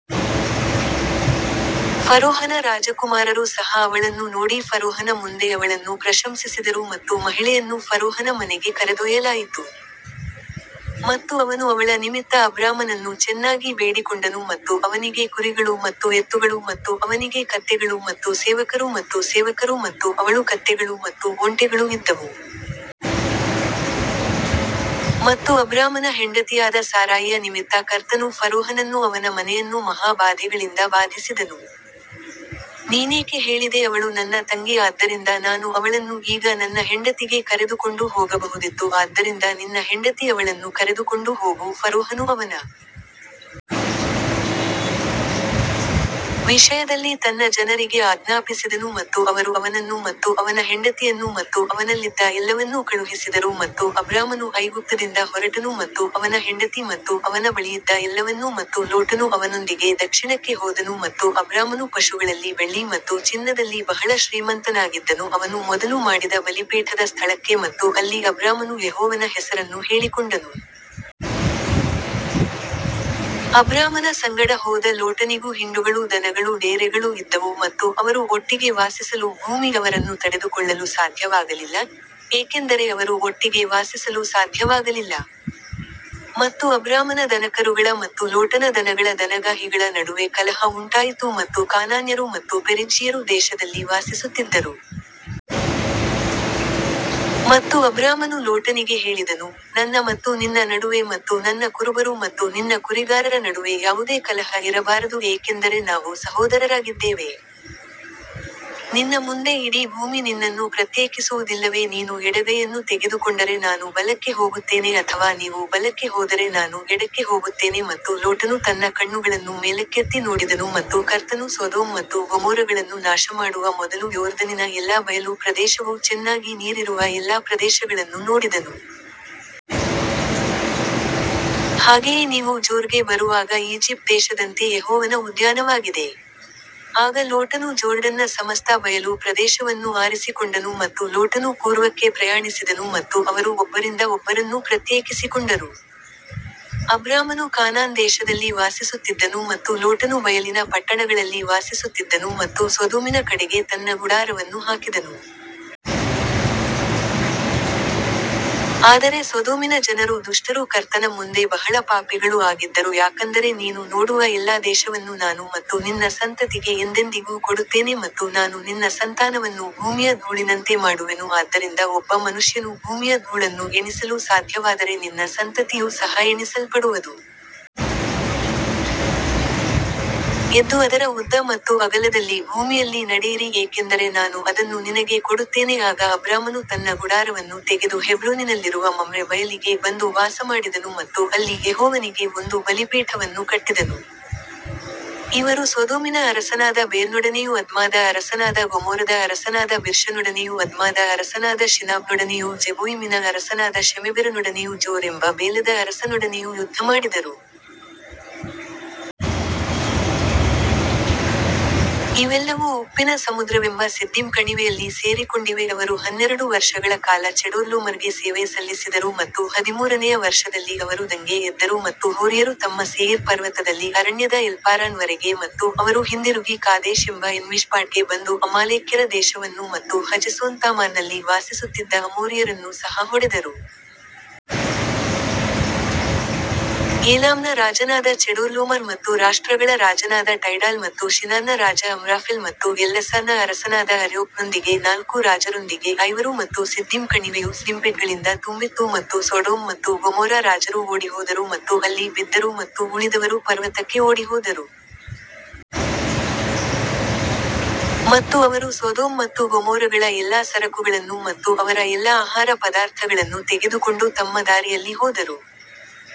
ಫರೋಹನ ರಾಜಕುಮಾರರು ಸಹ ಅವಳನ್ನು ನೋಡಿ ಫರೋಹನ ಮುಂದೆ ಅವಳನ್ನು ಪ್ರಶಂಸಿಸಿದರು ಮತ್ತು ಮಹಿಳೆಯನ್ನು ಫರೋಹನ ಮನೆಗೆ ಕರೆದೊಯ್ಯಲಾಯಿತು. ಮತ್ತು ಅವನು ಅವಳ ನಿಮಿತ್ತ ಅಬ್ರಾಮನನ್ನು ಚೆನ್ನಾಗಿ ಬೇಡಿಕೊಂಡನು ಮತ್ತು ಅವನಿಗೆ ಕುರಿಗಳು ಮತ್ತು ಎತ್ತುಗಳು ಮತ್ತು ಅವನಿಗೆ ಕತ್ತೆಗಳು ಮತ್ತು ಸೇವಕರು ಮತ್ತು ಸೇವಕರು ಮತ್ತು ಅವಳು ಕತ್ತೆಗಳು ಮತ್ತು ಒಂಟೆಗಳು ಇದ್ದವು. ಮತ್ತು ಅಬ್ರಾಮನ ಹೆಂಡತಿಯಾದ ಸಾರಾಯಿಯ ನಿಮಿತ್ತ ಕರ್ತನು ಫರೋಹನನ್ನೂ ಅವನ ಮನೆಯನ್ನೂ ಮಹಾ ಬಾಧೆಗಳಿಂದ ಬಾಧಿಸಿದನು. ನೀನೇಕೆ ಹೇಳಿದೆ ಅವಳು ನನ್ನ ತಂಗಿ ಆದ್ದರಿಂದ ನಾನು ಅವಳನ್ನು ಈಗ ನನ್ನ ಹೆಂಡತಿಗೆ ಕರೆದುಕೊಂಡು ಹೋಗಬಹುದಿತ್ತು ಆದ್ದರಿಂದ ನಿನ್ನ ಹೆಂಡತಿ ಅವಳನ್ನು ಕರೆದುಕೊಂಡು ಹೋಗು ಫರೋಹನು ಅವನ ವಿಷಯದಲ್ಲಿ ತನ್ನ ಜನರಿಗೆ ಆಜ್ಞಾಪಿಸಿದನು ಮತ್ತು ಅವರು ಅವನನ್ನು ಮತ್ತು ಅವನ ಹೆಂಡತಿಯನ್ನು ಮತ್ತು ಅವನಲ್ಲಿದ್ದ ಎಲ್ಲವನ್ನೂ ಕಳುಹಿಸಿದರು ಮತ್ತು ಅಬ್ರಾಮನು ಐಗುಪ್ತದಿಂದ ಹೊರಟನು ಮತ್ತು ಅವನ ಹೆಂಡತಿ ಮತ್ತು ಅವನ ಬಳಿಯಿದ್ದ ಎಲ್ಲವನ್ನೂ ಮತ್ತು ಲೋಟನು ಅವನೊಂದಿಗೆ ದಕ್ಷಿಣಕ್ಕೆ ಹೋದನು ಮತ್ತು ಅಬ್ರಾಮನು ಪಶುಗಳಲ್ಲಿ ಬೆಳ್ಳಿ ಮತ್ತು ಚಿನ್ನದಲ್ಲಿ ಬಹಳ ಶ್ರೀಮಂತನಾಗಿದ್ದನು ಅವನು ಮೊದಲು ಮಾಡಿದ ಬಲಿಪೀಠದ ಸ್ಥಳಕ್ಕೆ ಮತ್ತು ಅಲ್ಲಿ ಅಬ್ರಾಮನು ಯೆಹೋವನ ಹೆಸರನ್ನು ಹೇಳಿಕೊಂಡನು. ಅಬ್ರಾಮನ ಸಂಗಡ ಹೋದ ಲೋಟನಿಗೂ ಹಿಂಡುಗಳೂ ದನಗಳೂ ಡೇರೆಗಳೂ ಇದ್ದವು ಮತ್ತು ಅವರು ಒಟ್ಟಿಗೆ ವಾಸಿಸಲು ಭೂಮಿ ಅವರನ್ನು ತಡೆದುಕೊಳ್ಳಲು ಸಾಧ್ಯವಾಗಲಿಲ್ಲ, ಏಕೆಂದರೆ ಅವರು ಒಟ್ಟಿಗೆ ವಾಸಿಸಲು ಸಾಧ್ಯವಾಗಲಿಲ್ಲ. ಮತ್ತು ಅಬ್ರಾಮನ ದನಕರುಗಳ ಮತ್ತು ಲೋಟನ ದನಗಳ ದನಗಾಹಿಗಳ ನಡುವೆ ಕಲಹ ಉಂಟಾಯಿತು ಮತ್ತು ಕಾನಾನ್ಯರು ಮತ್ತು ಪೆರಿಜ್ಜೀಯರು ದೇಶದಲ್ಲಿ ವಾಸಿಸುತ್ತಿದ್ದರು. ಮತ್ತು ಅಬ್ರಾಮನು ಲೋಟನಿಗೆ ಹೇಳಿದನು, ನನ್ನ ಮತ್ತು ನಿನ್ನ ನಡುವೆ ಮತ್ತು ನನ್ನ ಕುರುಬರು ಮತ್ತು ನಿನ್ನ ಕುರಿಗಾರರ ನಡುವೆ ಯಾವುದೇ ಕಲಹ ಇರಬಾರದು ಏಕೆಂದರೆ ನಾವು ಸಹೋದರರಾಗಿದ್ದೇವೆ. ನಿನ್ನ ಮುಂದೆ ಇಡೀ ಭೂಮಿ ನಿನ್ನನ್ನು ಪ್ರತ್ಯೇಕಿಸುವುದಿಲ್ಲವೇ ನೀನು ಎಡಗೈಯನ್ನು ತೆಗೆದುಕೊಂಡರೆ ನಾನು ಬಲಕ್ಕೆ ಹೋಗುತ್ತೇನೆ ಅಥವಾ ನೀವು ಬಲಕ್ಕೆ ಹೋದರೆ ನಾನು ಎಡಕ್ಕೆ ಹೋಗುತ್ತೇನೆ ಮತ್ತು ಲೋಟನು ತನ್ನ ಕಣ್ಣುಗಳನ್ನು ಮೇಲಕ್ಕೆತ್ತಿ ನೋಡಿದನು ಮತ್ತು ಕರ್ತನು ಸೊದೋಮ್ ಮತ್ತು ಗೊಮೋರಗಳನ್ನು ನಾಶಮಾಡುವ ಮೊದಲು ಯೋರ್ದನಿನ ಎಲ್ಲಾ ಬಯಲು ಪ್ರದೇಶವು ಚೆನ್ನಾಗಿ ನೀರಿರುವ ಎಲ್ಲಾ ಪ್ರದೇಶಗಳನ್ನು ನೋಡಿದನು. ಹಾಗೆಯೇ ನೀವು ಜೋರ್ಗೆ ಬರುವಾಗ ಈಜಿಪ್ಟ್ ದೇಶದಂತೆ ಯೆಹೋವನ ಉದ್ಯಾನವಾಗಿದೆ. ಆಗ ಲೋಟನು ಜೋರ್ಡನ್ನ ಸಮಸ್ತ ಬಯಲು ಪ್ರದೇಶವನ್ನು ಆರಿಸಿಕೊಂಡನು ಮತ್ತು ಲೋಟನು ಪೂರ್ವಕ್ಕೆ ಪ್ರಯಾಣಿಸಿದನು ಮತ್ತು ಅವರು ಒಬ್ಬರಿಂದ ಒಬ್ಬರನ್ನು ಪ್ರತ್ಯೇಕಿಸಿಕೊಂಡರು. ಅಬ್ರಾಮನು ಕಾನಾನ್ ದೇಶದಲ್ಲಿ ವಾಸಿಸುತ್ತಿದ್ದನು ಮತ್ತು ಲೋಟನು ಬಯಲಿನ ಪಟ್ಟಣಗಳಲ್ಲಿ ವಾಸಿಸುತ್ತಿದ್ದನು ಮತ್ತು ಸೊದೋಮಿನ ಕಡೆಗೆ ತನ್ನ ಗುಡಾರವನ್ನು ಹಾಕಿದನು. ಆದರೆ ಸೊದೋಮಿನ ಜನರು ದುಷ್ಟರೂ ಕರ್ತನ ಮುಂದೆ ಬಹಳ ಪಾಪಿಗಳೂ ಆಗಿದ್ದರು ಯಾಕಂದರೆ ನೀನು ನೋಡುವ ಎಲ್ಲಾ ದೇಶವನ್ನು ನಾನು ಮತ್ತು ನಿನ್ನ ಸಂತತಿಗೆ ಎಂದೆಂದಿಗೂ ಕೊಡುತ್ತೇನೆ ಮತ್ತು ನಾನು ನಿನ್ನ ಸಂತಾನವನ್ನು ಭೂಮಿಯ ಧೂಳಿನಂತೆ ಮಾಡುವೆನು ಆದ್ದರಿಂದ ಒಬ್ಬ ಮನುಷ್ಯನು ಭೂಮಿಯ ಧೂಳನ್ನು ಎಣಿಸಲು ಸಾಧ್ಯವಾದರೆ ನಿನ್ನ ಸಂತತಿಯು ಸಹ ಎಣಿಸಲ್ಪಡುವದು. ಎದ್ದು ಅದರ ಉದ್ದ ಮತ್ತು ಅಗಲದಲ್ಲಿ ಭೂಮಿಯಲ್ಲಿ ನಡೆಯಿರಿ ಏಕೆಂದರೆ ನಾನು ಅದನ್ನು ನಿನಗೆ ಕೊಡುತ್ತೇನೆ ಆಗ ಅಬ್ರಾಮನು ತನ್ನ ಗುಡಾರವನ್ನು ತೆಗೆದು ಹೆಬ್ರೋನಿನಲ್ಲಿರುವ ಮಮ್ರೆ ಬಯಲಿಗೆ ಬಂದು ವಾಸಮಾಡಿದನು ಮತ್ತು ಅಲ್ಲಿ ಯೆಹೋವನಿಗೆ ಒಂದು ಬಲಿಪೀಠವನ್ನು ಕಟ್ಟಿದನು. ಇವರು ಸೊದೋಮಿನ ಅರಸನಾದ ಬೇರನೊಡನೆಯೂ ಅದ್ಮಾದ ಅರಸನಾದ ಗೊಮೋರದ ಅರಸನಾದ ಬಿರ್ಷನೊಡನೆಯೂ ಅದ್ಮಾದ ಅರಸನಾದ ಶಿನಾಬನೊಡನೆಯೂ ಝೆಬೋಯಿಮಿನ ಅರಸನಾದ ಶೆಮೆಬೆರನೊಡನೆಯೂ ಜೋರ್ ಎಂಬ ಬೇಲದ ಅರಸನೊಡನೆಯೂ ಯುದ್ಧಮಾಡಿದರು. ಇವೆಲ್ಲವೂ ಉಪ್ಪಿನ ಸಮುದ್ರವೆಂಬ ಸಿದ್ದಿಮ್ ಕಣಿವೆಯಲ್ಲಿ ಸೇರಿಕೊಂಡಿವೆ ಅವರು ಹನ್ನೆರಡು ವರ್ಷಗಳ ಕಾಲ ಚೆಡೋರ್ಲೋಮರ್ಗೆ ಸೇವೆ ಸಲ್ಲಿಸಿದರು ಮತ್ತು ಹದಿಮೂರನೆಯ ವರ್ಷದಲ್ಲಿ ಅವರು ದಂಗೆ ಎದ್ದರು ಮತ್ತು ಹೋರಿಯರು ತಮ್ಮ ಸೇಯಿರ್ ಪರ್ವತದಲ್ಲಿ ಅರಣ್ಯದ ಎಲ್ಪಾರಾನ್ ವರೆಗೆ ಮತ್ತು ಅವರು ಹಿಂದಿರುಗಿ ಕಾದೇಶ್ ಎಂಬ ಎನ್ಮಿಷ್ಪಾಟ್ಗೆ ಬಂದು ಅಮಾಲೇಕ್ಯರ ದೇಶವನ್ನು ಮತ್ತು ಹಜೆಸೋಂತಾಮಾರ್ನಲ್ಲಿ ವಾಸಿಸುತ್ತಿದ್ದ ಅಮೋರಿಯರನ್ನು ಸಹ ಹೊಡೆದರು. ಏಲಾಮ್ನ ರಾಜನಾದ ಚೆಡೋರ್ಲೋಮರ್ ಮತ್ತು ರಾಷ್ಟ್ರಗಳ ರಾಜನಾದ ಟೈಡಾಲ್ ಮತ್ತು ಶಿನಾರ್ನ ರಾಜ ಅಮ್ರಾಫೆಲ್ ಮತ್ತು ಎಲ್ಲಸಾರ್ನ ಅರಸನಾದ ಅರ್ಯೋಕ್ನೊಂದಿಗೆ ನಾಲ್ಕು ರಾಜರೊಂದಿಗೆ ಐವರು ಮತ್ತು ಸಿದ್ದಿಮ್ ಕಣಿವೆಯು ಸ್ಲಿಮ್ಪಿಟ್ಗಳಿಂದ ತುಂಬಿತ್ತು ಮತ್ತು ಸೊಡೊಮ್ ಮತ್ತು ಗೊಮೊರಾ ರಾಜರು ಓಡಿಹೋದರು ಮತ್ತು ಅಲ್ಲಿ ಬಿದ್ದರು ಮತ್ತು ಉಳಿದವರು ಪರ್ವತಕ್ಕೆ ಓಡಿಹೋದರು. ಮತ್ತು ಅವರು ಸೊದೋಮ್ ಮತ್ತು ಗೊಮೋರಗಳ ಎಲ್ಲಾ ಸರಕುಗಳನ್ನು ಮತ್ತು ಅವರ ಎಲ್ಲಾ ಆಹಾರ ಪದಾರ್ಥಗಳನ್ನು ತೆಗೆದುಕೊಂಡು ತಮ್ಮ ದಾರಿಯಲ್ಲಿ ಹೋದರು.